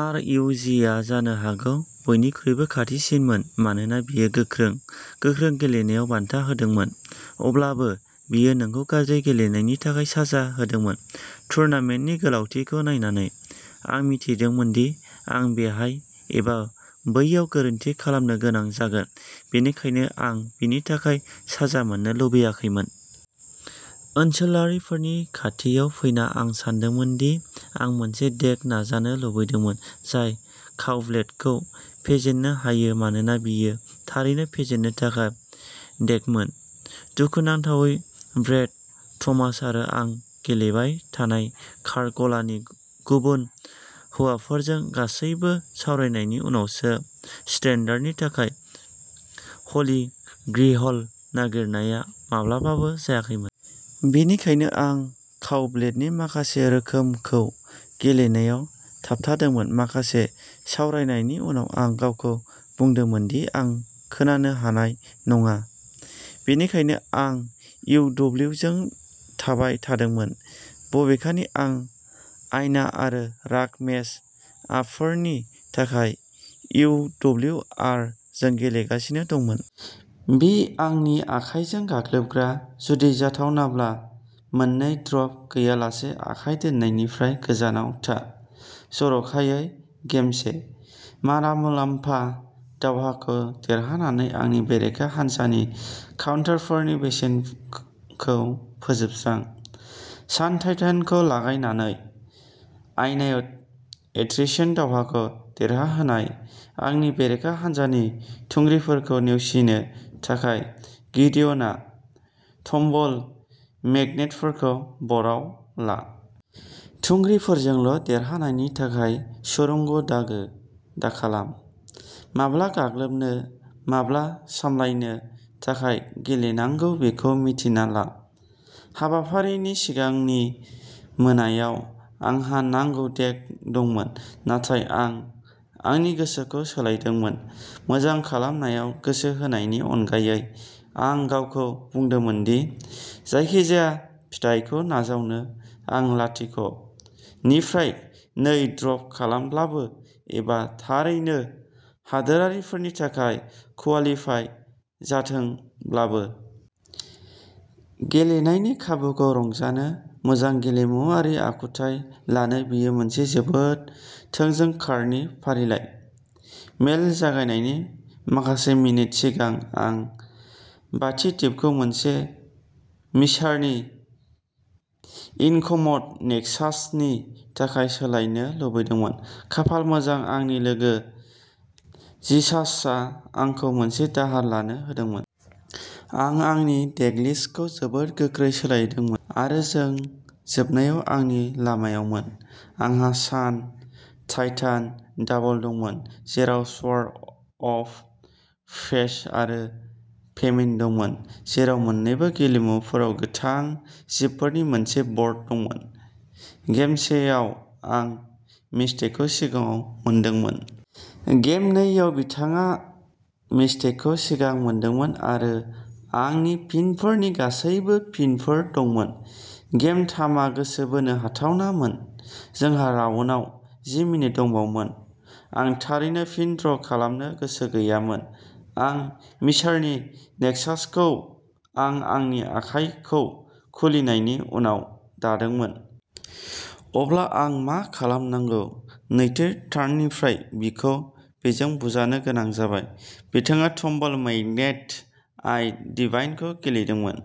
आर U जिआ जानो हागौ बयनिख्रुइबो खाथिसिनमोन मानोना बेयो गोख्रों, गोख्रों गेलेनायाव बान्था होदोंमोन। अब्लाबो, बेयो नोंखौ गाज्रि गेलेनायनि थाखाय साजा होदोंमोन। टुर्नामेन्टनि गोलावथिखौ नायनानै, आं मिथिदोंमोन दि आं बेहाय एबा बैयाव गोरोन्थि खालामनो गोनां जागोन, बेनिखायनो आं बेनि थाखाय साजा मोननो लुबैयाखैमोन। ओनसोलारिफोरनि खाथियाव फैना आं सानदोंमोन दि आं मोनसे डेक नाजानो लुबैदोंमोन जाय काव-ब्लेडखौ फेजेननो हायो मानोना बेयो थारैनो फेजेननो थाखाय डेकमोन। दुखुनांथावै, ब्रैड, थमास आरो आं गेलेबाय थानाय कार्ड गलानि गुबुन हौवाफोरजों गासैबो सावरायनायनि उनावसो स्टेन्डार्डनि थाखाय हलि ग्रिहल नागिरनाया माब्लाबाबो जायाखैमोन। बेनिखायनो आं काव-ब्लेडनि माखासे रोखोमखौ गेलेनायाव थाबथादोंमोन। माखासे सावरायनायनि उनाव आं गावखौ बुंदोंमोन दि आं खोनानो हानाय नङा, बेनिखायनो आं इउ डब्लिउ जों थाबाय थादोंमोन, बबेखानि आं आयना आरो राग मेच-आपफोरनि थाखाय इउ डब्लिउ आर जों गेलेगासिनो दंमोन। बि आंनि आखाइजों गाग्लोबग्रा। जुदि जाथावनाब्ला मोननै ड्रप गैयालासे आखाइ दोननायनिफ्राय गोजानाव था, जर'खायै गेमसे। माना मुलाम्फा दावहाखौ देरहानानै आंनि बेरेखा हान्जानि काउन्टारफोरनि बेसेनखौ फोजोबस्रां। सान टाइटानखौ लागायनानै आयनायाव एट्रिशन दावहाखौ देरहाहोनाय। आंनि बेरेखा हान्जानि थुंग्रिफोरखौ नेवसिनो थाखाय गिडिय'न आरो टम्बल मैग्नेटफोरखौ बर्डआव ला। थुंग्रिफोरजोंल' देरहानायनि थाखाय सुरंग दागो दाखालाम। माब्ला गाग्लोबनो, माब्ला सामलायनो थाखाय गेलेनांगौ बेखौ मिन्थिना ला। हाबाफारिनि सिगांनि मोनायाव, आंहा नांगौ डेक दंमोन। नाथाय आं आंनि गोसोखौ सोलायदोंमोन। मोजां खालामनायाव गोसो होनायनि अनगायै, आं गावखौ बुंदोंमोन दि जायखिजाया फिथायखौ नाजावनो, आं लाथिख' निफ्राय नै ड्रप खालामब्लाबो एबा थारैनो हादोरारिफोरनि थाखाय कुवालिपाइ जाथोंब्लाबो। गेलेनायनि खाबुखौ रंजानो, मोजां गेलेमुआरि आखुथाय लानो बेयो मोनसे जोबोद थोंजों कार्डनि फारिलाइ। मेल जागायनायनि माखासे मिनिट सिगां आं बाथि दिपखौ मोनसे मिसारनि इनकमथ नेक्सासनि थाखाय सोलायनो लुबैदोंमोन। खाफाल मोजां, आंनि लोगो जिसासआ आंखौ मोनसे दाहार लानो होदोंमोन। आं आंनि देकलिस्टखौ जोबोद गोख्रै सोलायदोंमोन आरो जों जोबनायाव जोंनि लामायावमोन। आंहा सान टाइटान डाबल दंमोन, जेराव स्वर्ड अफ फेस्ट आरो फेमिन दंमोन, जेराव मोन्नैबो गेलेमुफोराव गोथां जिबफोरनि मोनसे बर्ड दंमोन। गेम सेआव आं मिस्टिकखौ सिगाङाव मोनदोंमोन। गेम नैआव बिथाङा मिस्टिकखौ सिगां मोनदोंमोन आरो आंनि फिनफोरनि गासैबो फिनफोर दंमोन। गेम थामआ गोसो बोनो हाथावनामोन। जोंहा राउन्डआव जि मिनिट दंबावोमोन। आं थारैनो फिन ड्र खालामनो गोसो गैयामोन। आं मिसारनि नेक्सासखौ आं आंनि आखाइखौ खुलिनायनि उनाव दादोंमोन। अब्ला आं मा खालामनांगौ? नैथि टार्ननिफ्राय बिखौ बेजों बुजानो गोनां जबाय। बिथाङा टम्बल मैग्नेट, आइ डिवाइनखौ गेलेदोंमोन।